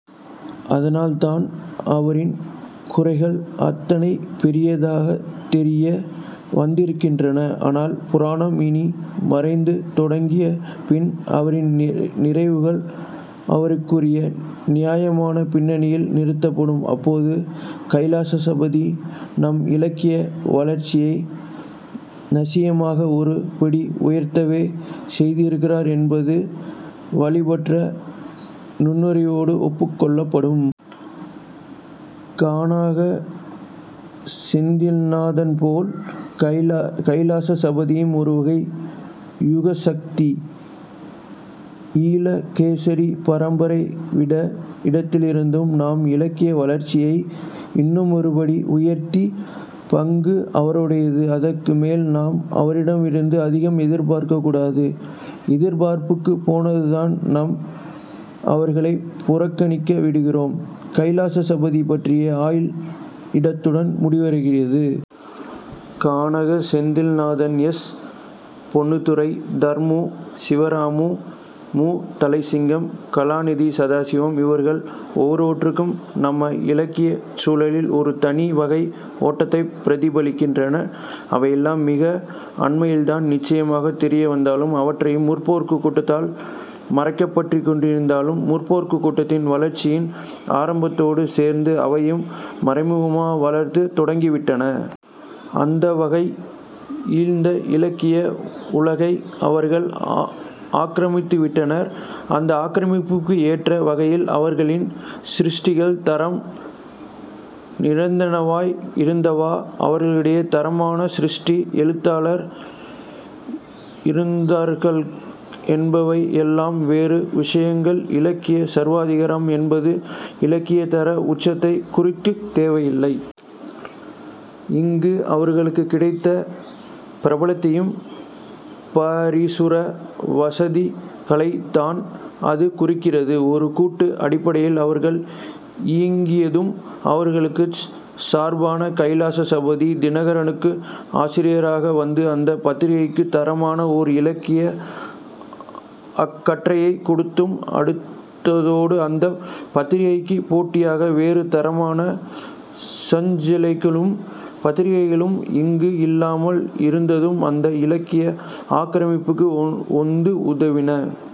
அதனால்தான் அவரின் குறைகள் அத்தனை பெரிதாய்த் தெரிய வந்திருக்கின்றன. ஆனால் புராணம் இனி மறையத் தொடங்கிய பின் அவரின் நிறைவுகள் அவைக்குரிய நியாயமான பின்னணியில் நிறுத்தப்படும். அப்போது கைலாசபதி நம் இலக்கிய வளர்ச்சியை நிச்சயமாக ஒரு படி உயர்த்தவே செய்திருக்கிறார் என்பது வழிபாடற்ற நன்றியோடு ஒப்புக்கொள்ளப்படும். கனக செந்திநாதன்போல் கைலாசபதியும் ஒருவகை யுகசந்தி. 'ஈழகேசரி' பரம்பரை விட்ட இடத்திலிருந்து நம் இலக்கிய வளர்ச்சியை இன்னுமொரு படி உயர்த்திய பங்கு அவருடையது. அதற்கு மேல் நாம் அவரிடமிருந்து அதிகம் எதிர்பார்க்கக் கூடாது. எதிர்பார்க்கும்போதுதான் நாம் அவர்களைப் புராணங்களாக்கி விடுகிறோம். கைலாசபதியைப் பற்றிய ஆய்வு இத்துடன் முடிவடைகிறது. கனக செந்திநாதன், எஸ். பொன்னுத்துரை, தர்மு சிவராமு, மு. தளையசிங்கம், கலாநிதி சதாசிவம். இவர்கள் ஒவ்வொருவரும் நம் இலக்கியச் சூழலில் ஒரு தனி வகை ஓட்டத்தைப் பிரதிபலிக்கின்றனர். அவையெல்லாம் மிக அண்மையில்தான் நிச்சயமாகத் தெரிய வந்தாலும் அதுவரையும் 'முற்போக்கு'க் கூட்டால் மறைக்கப்பட்டிருந்தாலும் 'முற்போக்கு'க் கூட்டின் வளர்ச்சியின் ஆரம்பத்தோடு சேர்ந்தே அவையும் மறைமுகமாக வளரத் தொடங்கிவிட்டன. அந்த வகையில் ஈழத்து இலக்கிய உலகை அவர்கள் ஆக்கிரமித்துவிட்டிருந்தனர். அந்த ஆக்கிரமிப்புக்கு எற்ற வகையில் அவர்களின் சிருஷ்டிகள் தரம் நிறைந்தனவாய் இருந்தனவா, அவர்களிடையே தரமான சிருஷ்டி எழுத்தாளர்கள் இருந்தார்களா என்பவை எல்லாம் வேறு விசயங்கள். இலக்கியச் சர்வாதிகாரம் என்பது இலக்கியத் தர உச்சத்தைக் குறிக்கத் தேவையில்லை. இங்கு அவர்களுக்குக் கிடைத்த பிரபல்யத்தையும் பிரசுர வசதிகளையுந்தான் அது குறிக்கிறது. ஒரு கூட்டு அடிப்படையில் அவர்கள் இயங்கியதும், அவர்களுக்குச் சார்பான கைலாசபதி 'தினகரனு'க்கு ஆசிரியராக வந்து அந்தப் பத்திரிகைக்குத் தரமான ஒர் இலக்கிய அக்கறையைக் கொடுத்ததும், அதோடு அந்தப் பத்திரிகைக்குப் போட்டியாக வேறு தரமான சஞ்சிகைகளும் பத்திரிகைகளும் இங்கு இல்லாமல் இருந்ததும் அந்த இலக்கிய ஆக்கிரமிப்புக்கு ஒத்து உதவின.